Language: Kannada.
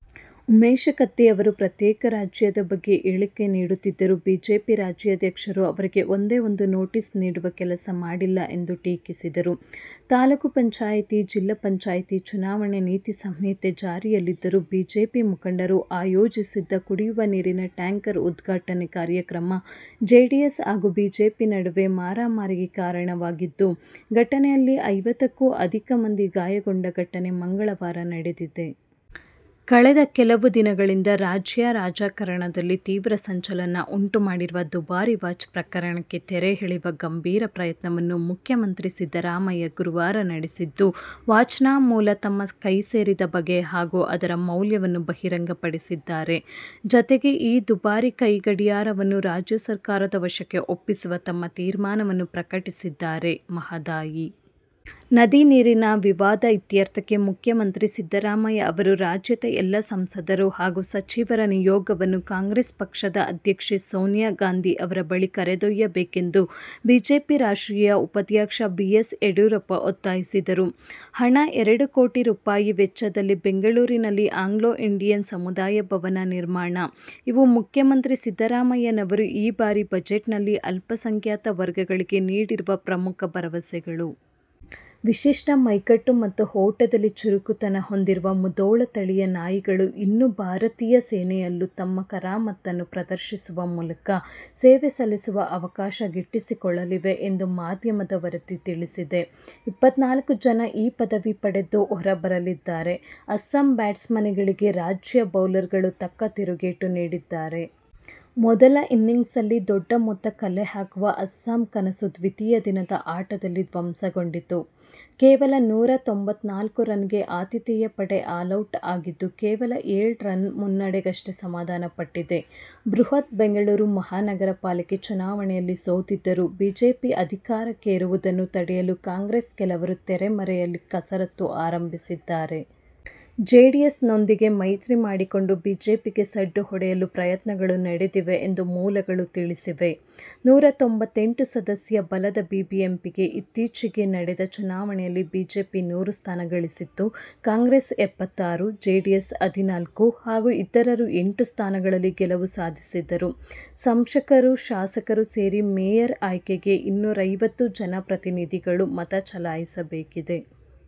ಉಮೇಶ ಕತ್ತಿ ಅವರು ಪ್ರತ್ಯೇಕ ರಾಜ್ಯದ ಬಗ್ಗೆ ಹೇಳಿಕೆ ನೀಡುತ್ತಿದ್ದರೂ ಬಿಜೆಪಿ ರಾಜ್ಯಾಧ್ಯಕ್ಷರು ಅವರಿಗೆ ಒಂದೇ ಒಂದು ನೋಟಿಸ್ ನೀಡುವ ಕೆಲಸ ಮಾಡಿಲ್ಲ ಎಂದು ಟೀಕಿಸಿದರು. ತಾಲೂಕು ಪಂಚಾಯಿತಿ ಜಿಲ್ಲಾ ಪಂಚಾಯಿತಿ ಚುನಾವಣೆ ನೀತಿ ಸಂಹಿತೆ ಜಾರಿಯಲ್ಲಿದ್ದರೂ ಬಿಜೆಪಿ ಮುಖಂಡರು ಆಯೋಜಿಸಿದ್ದ ಕುಡಿಯುವ ನೀರಿನ ಟ್ಯಾಂಕರ್ ಉದ್ಘಾಟನೆ ಕಾರ್ಯಕ್ರಮ ಜೆಡಿಎಸ್ ಹಾಗೂ ಬಿಜೆಪಿ ನಡುವೆ ಮಾರಾಮಾರಿಗೆ ಕಾರಣವಾಗಿದ್ದು, ಘಟನೆಯಲ್ಲಿ ಐವತ್ತಕ್ಕೂ ಅಧಿಕ ಮಂದಿ ಗಾಯಗೊಂಡ ಘಟನೆ ಮಂಗಳವಾರ ನಡೆದಿದೆ. ಕಳೆದ ಕೆಲವು ದಿನಗಳಿಂದ ರಾಜ್ಯ ರಾಜಕಾರಣದಲ್ಲಿ ತೀವ್ರ ಸಂಚಲನ ಉಂಟು ಮಾಡಿರುವ ದುಬಾರಿ ವಾಚ್ ಪ್ರಕರಣಕ್ಕೆ ತೆರೆ ಎಳೆಯುವ ಗಂಭೀರ ಪ್ರಯತ್ನವನ್ನು ಮುಖ್ಯಮಂತ್ರಿ ಸಿದ್ದರಾಮಯ್ಯ ಗುರುವಾರ ನಡೆಸಿದ್ದು, ವಾಚ್ನ ಮೂಲ, ತಮ್ಮ ಕೈ ಸೇರಿದ ಬಗೆ ಹಾಗೂ ಅದರ ಮೌಲ್ಯವನ್ನು ಬಹಿರಂಗಪಡಿಸಿದ್ದಾರೆ. ಜತೆಗೆ, ಈ ದುಬಾರಿ ಕೈ ಗಡಿಯಾರವನ್ನು ರಾಜ್ಯ ಸರ್ಕಾರದ ವಶಕ್ಕೆ ಒಪ್ಪಿಸುವ ತಮ್ಮ ತೀರ್ಮಾನವನ್ನು ಪ್ರಕಟಿಸಿದ್ದಾರೆ. ಮಹದಾಯಿ ನದಿ ನೀರಿನ ವಿವಾದ ಇತ್ಯರ್ಥಕ್ಕೆ ಮುಖ್ಯಮಂತ್ರಿ ಸಿದ್ದರಾಮಯ್ಯ ಅವರು ರಾಜ್ಯದ ಎಲ್ಲ ಸಂಸದರು ಹಾಗೂ ಸಚಿವರ ನಿಯೋಗವನ್ನು ಕಾಂಗ್ರೆಸ್ ಪಕ್ಷದ ಅಧ್ಯಕ್ಷೆ ಸೋನಿಯಾ ಗಾಂಧಿ ಅವರ ಬಳಿ ಕರೆದೊಯ್ಯಬೇಕೆಂದು ಬಿಜೆಪಿ ರಾಷ್ಟ್ರೀಯ ಉಪಾಧ್ಯಕ್ಷ ಬಿ. ಎಸ್. ಯಡಿಯೂರಪ್ಪ ಒತ್ತಾಯಿಸಿದರು. ಹಣ ಎರಡು ಕೋಟಿ ರೂಪಾಯಿ ವೆಚ್ಚದಲ್ಲಿ ಬೆಂಗಳೂರಿನಲ್ಲಿ 'ಆಂಗ್ಲೋ ಇಂಡಿಯನ್ ಸಮುದಾಯ ಭವನ' ನಿರ್ಮಾಣ, ಇವು ಮುಖ್ಯಮಂತ್ರಿ ಸಿದ್ದರಾಮಯ್ಯನವರು ಈ ಬಾರಿ ಬಜೆಟ್ನಲ್ಲಿ ಅಲ್ಪಸಂಖ್ಯಾಕ ವರ್ಗಗಳಿಗೆ ನೀಡಿರುವ ಪ್ರಮುಖ ಭರವಸೆಗಳು. ವಿಶಿಷ್ಟ ಮೈಕಟ್ಟು ಮತ್ತು ಓಟದಲ್ಲಿ ಚುರುಕುತನ ಹೊಂದಿರುವ ಮುಧೋಳ ತಳಿಯ ನಾಯಿಗಳು ಇನ್ನು ಭಾರತೀಯ ಸೇನೆಯಲ್ಲೂ ತಮ್ಮ ಕರಾಮತ್ತನ್ನು ಪ್ರದರ್ಶಿಸುವ ಮೂಲಕ ಸೇವೆ ಸಲ್ಲಿಸುವ ಅವಕಾಶ ಗಿಟ್ಟಿಸಿಕೊಳ್ಳಲಿವೆ ಎಂದು ಮಾಧ್ಯಮದ ವರದಿ ತಿಳಿಸಿದೆ. ಇಪ್ಪತ್ತನಾಲ್ಕು ಜನ ಈ ಪದವಿ ಪಡೆದು ಹೊರಬರಲಿದ್ದಾರೆ. ಅಸ್ಸಾಂ ಬ್ಯಾಟ್ಸ್ಮನ್ಗಳಿಗೆ ರಾಜ್ಯ ಬೌಲರ್ಗಳು ತಕ್ಕ ತಿರುಗೇಟು ನೀಡಿದ್ದಾರೆ. ಮೊದಲ ಇನಿಂಗ್ಸ್ನಲ್ಲಿ ದೊಡ್ಡ ಮೊತ್ತ ಕಲೆ ಹಾಕುವ ಅಸ್ಸಾಂ ಕನಸು ದ್ವಿತೀಯ ದಿನದ ಆಟದಲ್ಲಿ ಧ್ವಂಸಗೊಂಡಿತು. ಕೇವಲ ನೂರ ತೊಂಭತ್ತ ನಾಲ್ಕು ರನ್ಗೆ ಆತಿಥೇಯ ಪಡೆ ಆಲೌಟ್ ಆಗಿದ್ದು, ಕೇವಲ ಎಳು ರನ್ ಮುನ್ನಡೆಗಷ್ಟೇ ಸಮಾಧಾನಪಟ್ಟಿದೆ. ಬೃಹತ್ ಬೆಂಗಳೂರು ಮಹಾನಗರ ಪಾಲಿಕೆ ಚುನಾವಣೆಯಲ್ಲಿ ಸೋತಿದ್ದರೂ, ಬಿಜೆಪಿ ಅಧಿಕಾರಕ್ಕೇರುವುದನ್ನು ತಡೆಯಲು ಕಾಂಗ್ರೆಸ್ನ ಕೆಲವರು ತೆರೆಮರೆಯಲ್ಲಿ ಕಸರತ್ತು ಆರಂಭಿಸಿದ್ದಾರೆ. ಜೆಡಿಎಸ್ನೊಂದಿಗೆ ಮೈತ್ರಿ ಮಾಡಿಕೊಂಡು ಬಿಜೆಪಿಗೆ ಸಡ್ಡು ಹೊಡೆಯಲು ಪ್ರಯತ್ನಗಳು ನಡೆದಿವೆ ಎಂದು ಮೂಲಗಳು ತಿಳಿಸಿವೆ. ನೂರ ತೊಂಭತ್ತೆಂಟು ಸದಸ್ಯ ಬಲದ ಬಿ ಬಿ ಎಂ ಪಿ ಗೆ ಇತ್ತೀಚೆಗೆ ನಡೆದ ಚುನಾವಣೆಯಲ್ಲಿ ಬಿಜೆಪಿ ನೂರು ಸ್ಥಾನ ಗಳಿಸಿತ್ತು. ಕಾಂಗ್ರೆಸ್ ಎಪ್ಪತ್ತಾರು, ಜೆ ಡಿ ಎಸ್ ಹದಿನಾಲ್ಕು ಹಾಗೂ ಇತರರು ಎಂಟು ಸ್ಥಾನಗಳಲ್ಲಿ ಗೆಲುವು ಸಾಧಿಸಿದ್ದರು. ಸಂಸದರು, ಶಾಸಕರು ಸೇರಿ ಮೇಯರ್ ಆಯ್ಕೆಗೆ ಇನೂರೈವತ್ತು ಜನಪ್ರತಿನಿಧಿಗಳು ಮತ ಚಲಾಯಿಸಬೇಕಿದೆ.